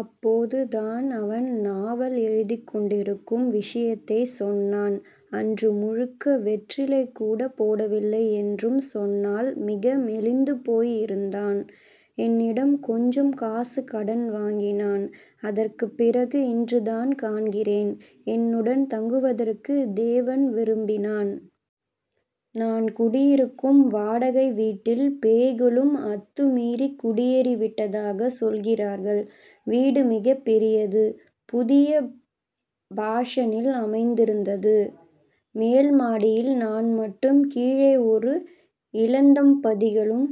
அப்போது தான் அவன் நாவல் எழுதிக் கொண்டிருக்கும் விஷயத்தைச் சொன்னான். அன்று முழுக்க வெற்றிலை கூடப் போடவில்லை என்றும் சொன்னால் மிக மெலிந்து போய் இருந்தான். என்னிடம் கொஞ்சம் காசு கடன் வாங்கினான். அதற்குப் பிறகு இன்று தான் காண்கிறேன். என்னுடன் தங்குவதற்கு தேவன் விரும்பினான். நான் குடியிருக்கும் வாடகை வீட்டில் பேய்களும் அத்து மீறிக் குடியேறிவிட்டதாகச் சொல்லுகிறார்கள். வீடு மிகப் பெரியது. புதிய பாஷனில் அமைந்திருந்தது. மேல் மாடியில் நான் மட்டும் கீழே ஒரு இளந்தம்பதிகளும்,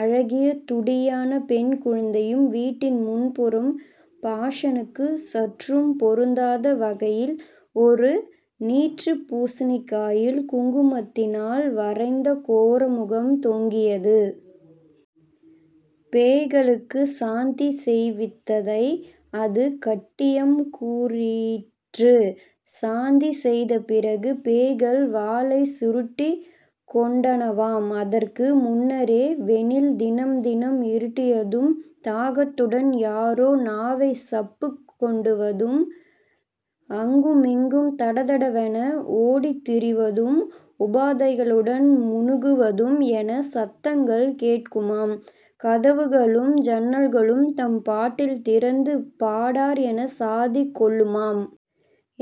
அழகிய துடியான பெண்குழந்தையும் வீட்டின் முன்புறம் பாஷனுக்கு சற்றும் பொருந்தாத வகையில் ஒரு நீற்றுப் பூசினிக்காயில் குங்குமத்தினால் வரைந்த கோரமுகம் தொங்கியது. பேய்களுக்கு சாந்தி செய்வித்ததை அது கட்டியம் கூறிற்று. சாந்தி செய்த பிறகு பேய்கள் வாலைச் சுருட்டிக் கொண்டனவாம். அதற்கு முன்னரே வெனில் தினம் தினம் இருட்டியதும் தாகத்துடன் யாரோ நாவைச் சப்புக் கொண்டுவதும், அங்குமிங்கும் தடதடவென ஓடித்திரிவதும். உபாதைகளுடன் முனகுவதும் என சத்தங்கள் கேட்குமாம். கதவுகளும் ஜன்னல்களும் தம்பாட்டில் திறந்து படார் என சாத்திக் கொள்ளுமாம்.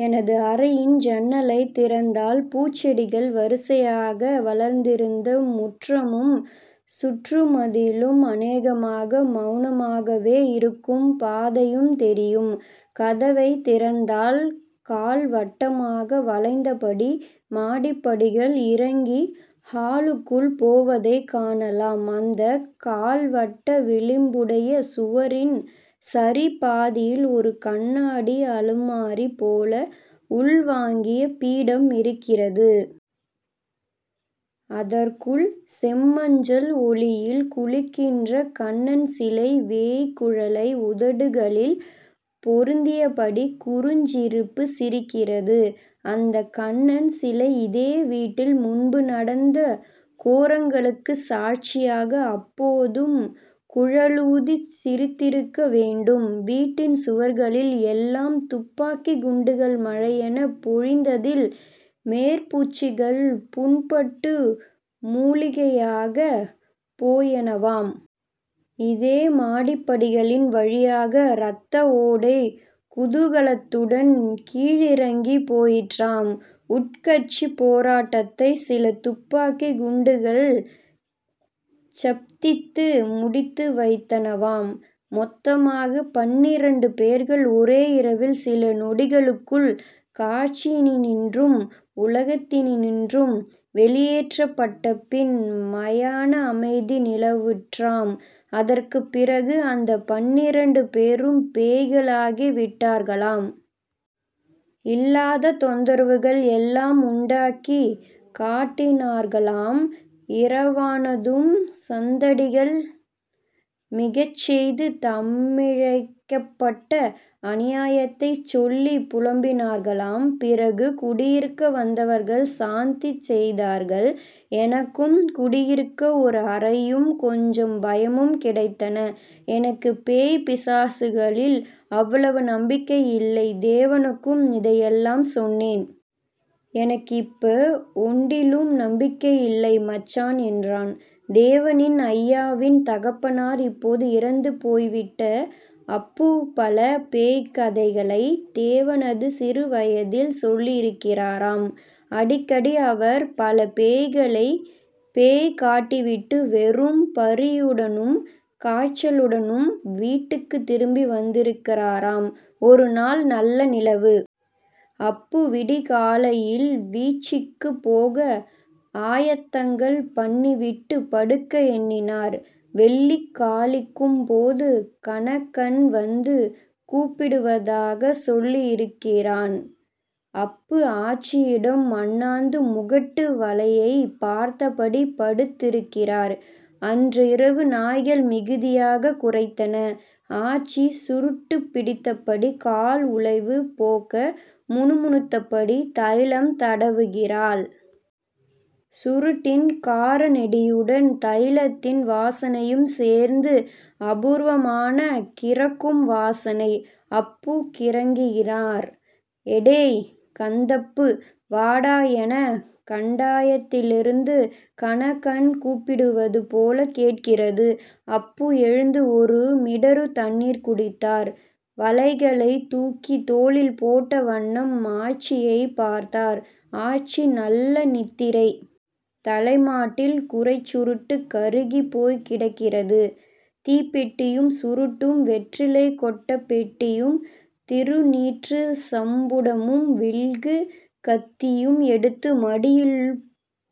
எனது அறையின் ஜன்னலைத் திறந்தால் பூஞ்செடிகள் வரிசையாக வளர்ந்திருந்த முற்றமும் சுற்றுமதிலும் அநேகமாக மெளனமாகவே இருக்கும் பாதையும் தெரியும். கதவைத் திறந்தால் கால்வட்டமாக வளைந்தபடி மாடிப்படிகள் இறங்கி ஹோலுக்குள் போவதைக் காணலாம். அந்தக் கால்வட்ட விளிம்புடைய சுவரின் சரிபாதியில் ஒரு கண்ணாடி அலுமாரி போல உள்வாங்கிய பீடம் இருக்கிறது. அதற்குள் செம்மஞ்சள் ஒளியில் குளிக்கின்ற கண்ணன்சிலை வேய்க்குழலை உதடுகளில் பொருத்தியபடி குறுஞ்சிரிப்புச் சிரிக்கிறது. அந்தக் கண்ணன் சிலை இதே வீட்டில் முன்பு நடந்த கோரங்களுக்கு சாட்சியாக அப்போதும் குழலூதிச் சிரித்திருக்க வேண்டும். வீட்டின் சுவர்களில் எல்லாம் துப்பாக்கிக் குண்டுகள் மழையெனப் பொழிந்ததில் மேற்பூச்சுகள் புண்பட்டு மூளியாகப் போயினவாம். இதே மாடிப்படிகளின் வழியாக இரத்த ஓடை குதூகலத்துடன் கீழிறங்கிப் போயிற்றாம். உட்கட்சிப் போராட்டத்தை சில துப்பாக்கிக் குண்டுகள் சப்தித்து முடித்து வைத்தனவாம். மொத்தமாக பன்னிரண்டு பேர்கள் ஒரே இரவில் சில நொடிகளுக்குள் கட்சியினின்றும் உலகத்தினின்றும் வெளியேற்றப்பட்டபின் மயான அமைதி நிலவிற்றாம். அதற்குப் பிறகு அந்தப் பன்னிரண்டு பேரும் பேய்களாகி விட்டார்களாம். இல்லாத தொந்தரவுகள் எல்லாம் உண்டாக்கிக் காட்டினார்களாம். இரவானதும் சந்தடிகள் மிகச் செய்து தமக்கிழைக்கப்பட்ட அநியாயத்தைச் சொல்லிப் புலம்பினார்களாம். பிறகு குடியிருக்க வந்தவர்கள் சாந்தி செய்தார்கள். எனக்கும் குடியிருக்க ஒரு அறையும், கொஞ்சம் பயமும் கிடைத்தன. எனக்குப் பேய் பிசாசுகளில் அவ்வளவு நம்பிக்கை இல்லை. தேவனுக்கும் இதையெல்லாம் சொன்னேன். எனக்கு இப்ப ஒண்டிலும் நம்பிக்கை இல்லை மச்சான் என்றான். தேவனின் அய்யா வின் தகப்பனார் இப்போது இறந்து போய்விட்ட அப்புபல பேய்க்கதைகளைத் தேவனது சிறுவயதில் சொல்லியிருக்கிறாராம். அடிக்கடி அவர் பலபேய்களைப் பேய்க்காட்டிவிட்டு வெறும் பறியுடனும் காய்ச்சலுடனும் வீட்டுக்கு திரும்பி வந்திருக்கிறாராம். ஒரு நாள், நல்ல நிலவு. அப்பு விடிகாலையில் வீச்சுக்குப் போக ஆயத்தங்கள் பண்ணிவிட்டு படுக்க எண்ணினார். வெள்ளி காலிக்கும் போது கனகன் வந்து கூப்பிடுவதாகச் சொல்லியிருக்கிறான். அப்பு ஆச்சியிடம் அண்ணாந்து முகட்டு வளையைப் பார்த்தபடி படுத்திருக்கிறார். அன்றிரவு நாய்கள் மிகுதியாகக் குரைத்தன. ஆச்சி சுருட்டுப் பிடித்தபடி கால் உளைவு போக்க முணுமுணுத்தபடி தைலம் தடவுகிறாள். சுருட்டின் காரநெடியுடன் தைலத்தின் வாசனையும் சேர்ந்து அபூர்வமான கிறக்கும் வாசனை. அப்பு கிறங்கினார். எடேய்... கந்தப்பு... வாடா எனக் கண்டாயத்திலிருந்து கனகன் கூப்பிடுவது போலக் கேட்கிறது. அப்பு எழுந்து ஒரு மிடறு தண்ணீர் குடித்தார். வலைகளைத் தூக்கித் தோளில் போட்ட வண்ணம் ஆச்சியைப் பார்த்தார். ஆச்சி நல்ல நித்திரை. தலைமாட்டில் குறைச் சுருட்டு கருகிப் போய்க்கிடக்கிறது. தீப்பெட்டியும் சுருட்டும் வெற்றிலைக் கொட்டப் பெட்டியும் திருநீற்றுச் சம்புடமும் வில்லுக் கத்தியும் எடுத்து மடியில்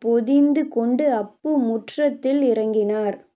பொதிந்து கொண்டு அப்பு முற்றத்தில் இறங்கினார்.